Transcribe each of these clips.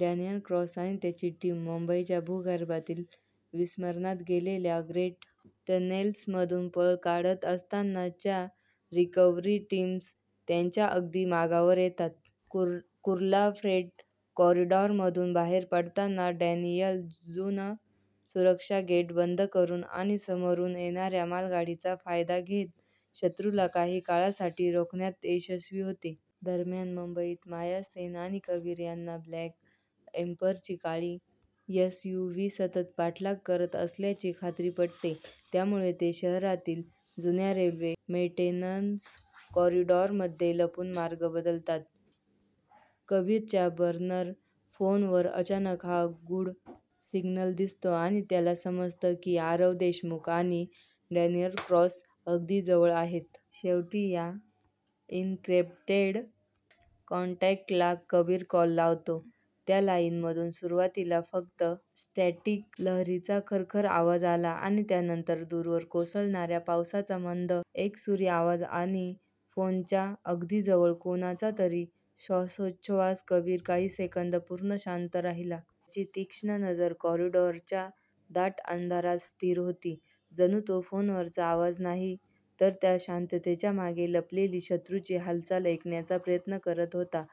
Daniel Cross आणि त्याची team मुंबईच्या भूगर्भातील विस्मरणात गेलेल्या फ्रेट टनेल्समधून पळ काढत असताना च्या रिकव्हरी टीम्स त्यांच्या अगदी मागावर येतात. कुर्ला फ्रेट कॉरिडॉरमधून बाहेर पडताना डॅनियल जुनं सुरक्षा गेट बंद करून आणि समोरून येणाऱ्या मालगाडीचा फायदा घेत शत्रूला काही काळासाठी रोखण्यात यशस्वी होतो. दरम्यान मुंबईत माया सेन आणि कबीर यांना ब्लॅक एम्बरची काळी एसयूव्ही सतत पाठलाग करत असल्याची खात्री पटते, त्यामुळे ते शहरातील जुन्या रेल्वे मेंटेनन्स कॉरिडॉरमध्ये लपून मार्ग बदलतात. कबीरच्या बर्नर फोनवर अचानक हा गूढ सिग्नल दिसतो आणि त्याला समजतं की आरव देशमुख आणि डॅनियल क्रॉस अगदी जवळ आहेत. शेवटी या एन्क्रिप्टेड कॉन्टॅक्टला कबीर कॉल लावतो. त्या लाईनमधून सुरुवातीला फक्त स्टॅटिक लहरींचा खरखर आवाज आला आणि त्यानंतर दूरवर कोसळणाऱ्या पावसाचा मंद, एकसुरी आवाज आणि फोनच्या अगदी जवळ कुणाचातरी श्वासोच्छवास कबीर काही सेकंद पूर्ण शांत राहिला. त्याची तीक्ष्ण नजर कॉरिडॉरच्या दाट अंधारात स्थिर होती. जणू तो फोनवरचा आवाज नाही, तर त्या शांततेच्या मागे लपलेली शत्रूची हालचाल ऐकण्याचा प्रयत्न करत होता.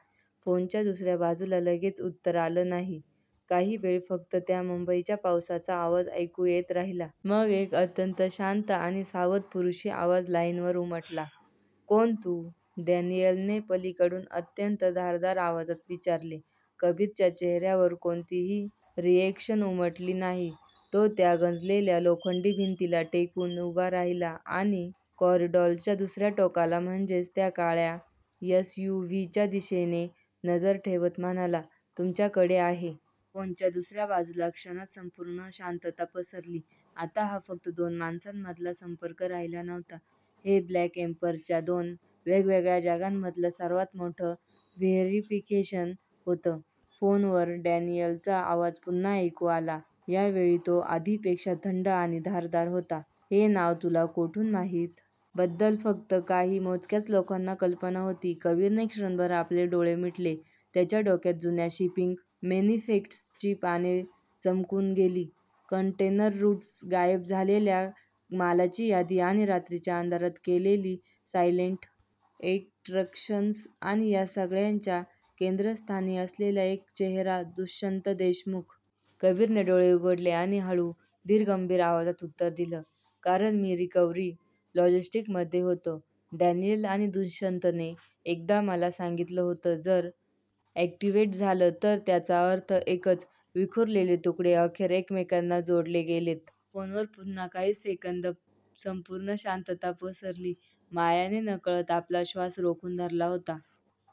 फोनच्या दुसऱ्या बाजूला लगेच उत्तर आलं नाही. काही वेळ फक्त त्या मुंबईच्या पावसाचा आवाज ऐकू येत राहिला. मग एक अत्यंत शांत आणि सावध पुरुषी आवाज लाईनवर उमटला. "तू कोण? " डॅनियलने पलीकडून अत्यंत धारदार आवाजात विचारले. कबीरच्या चेहऱ्यावर कोणतीही रिएक्शन उमटली नाही. तो त्या गंजलेल्या लोखंडी भिंतीला टेकून उभा राहिला आणि कॉरिडॉरच्या दुसऱ्या टोकाला, म्हणजेच त्या काळ्या एसयूव्हीच्या दिशेने नजर ठेवत म्हणाला तुमच्याकडे आहे. फोनच्या दुसऱ्या बाजूला क्षणात संपूर्ण शांतता पसरली. आता हा फक्त दोन माणसांमधला संपर्क राहिला नव्हता. हे 'ब्लॅक एम्बर'च्या दोन वेगवेगळ्या जगांमधलं सर्वात मोठं व्हेरिफिकेशन होतं. फोनवर डॅनियलचा आवाज पुन्हा ऐकू आला. या वेळी तो आधीपेक्षा थंड आणि धारदार होता, "हे नाव तुला कुठून माहित? बद्दल फक्त काही मोजक्याच लोकांना कल्पना होती." कबीरने क्षणभर आपले डोळे मिटले. त्याच्या डोक्यात जुन्या शिपिंग मॅनिफेस्ट्सची पाने चमकून गेली. कंटेनर रूट्स, गायब झालेल्या मालाची यादी आणि रात्रीच्या अंधारात केलेली सायलेंट एक्स्ट्रॅक्शन्स आणि या सगळ्याच्या केंद्रस्थानी असलेला एक चेहरा दुष्यंत देशमुख. कबीरने डोळे उघडले आणि हळू, धीरगंभीर आवाजात उत्तर दिलं, "कारण मी रिकव्हरी लॉजिस्टिक्स मध्ये होतो, डॅनियल. आणि दुष्यंतने एकदा मला सांगितलं होतं जर अॅक्टिव्हेट झालं "तर त्याचा अर्थ एकच विखुरलेले तुकडे अखेर एकमेकांना जोडले गेलेत." फोनवर पुन्हा काही सेकंद संपूर्ण शांतता पसरली. मायाने नकळत आपला श्वास रोखून धरला होता.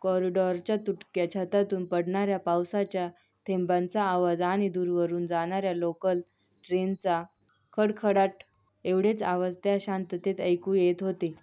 कॉरिडॉरच्या तुटक्या छतातून पडणाऱ्या पावसाच्या थेंबांचा आवाज आणि दूरवरून जाणाऱ्या लोकल ट्रेनचा खडखडाट एवढेच आवाज त्या शांततेत ऐकू येत होते.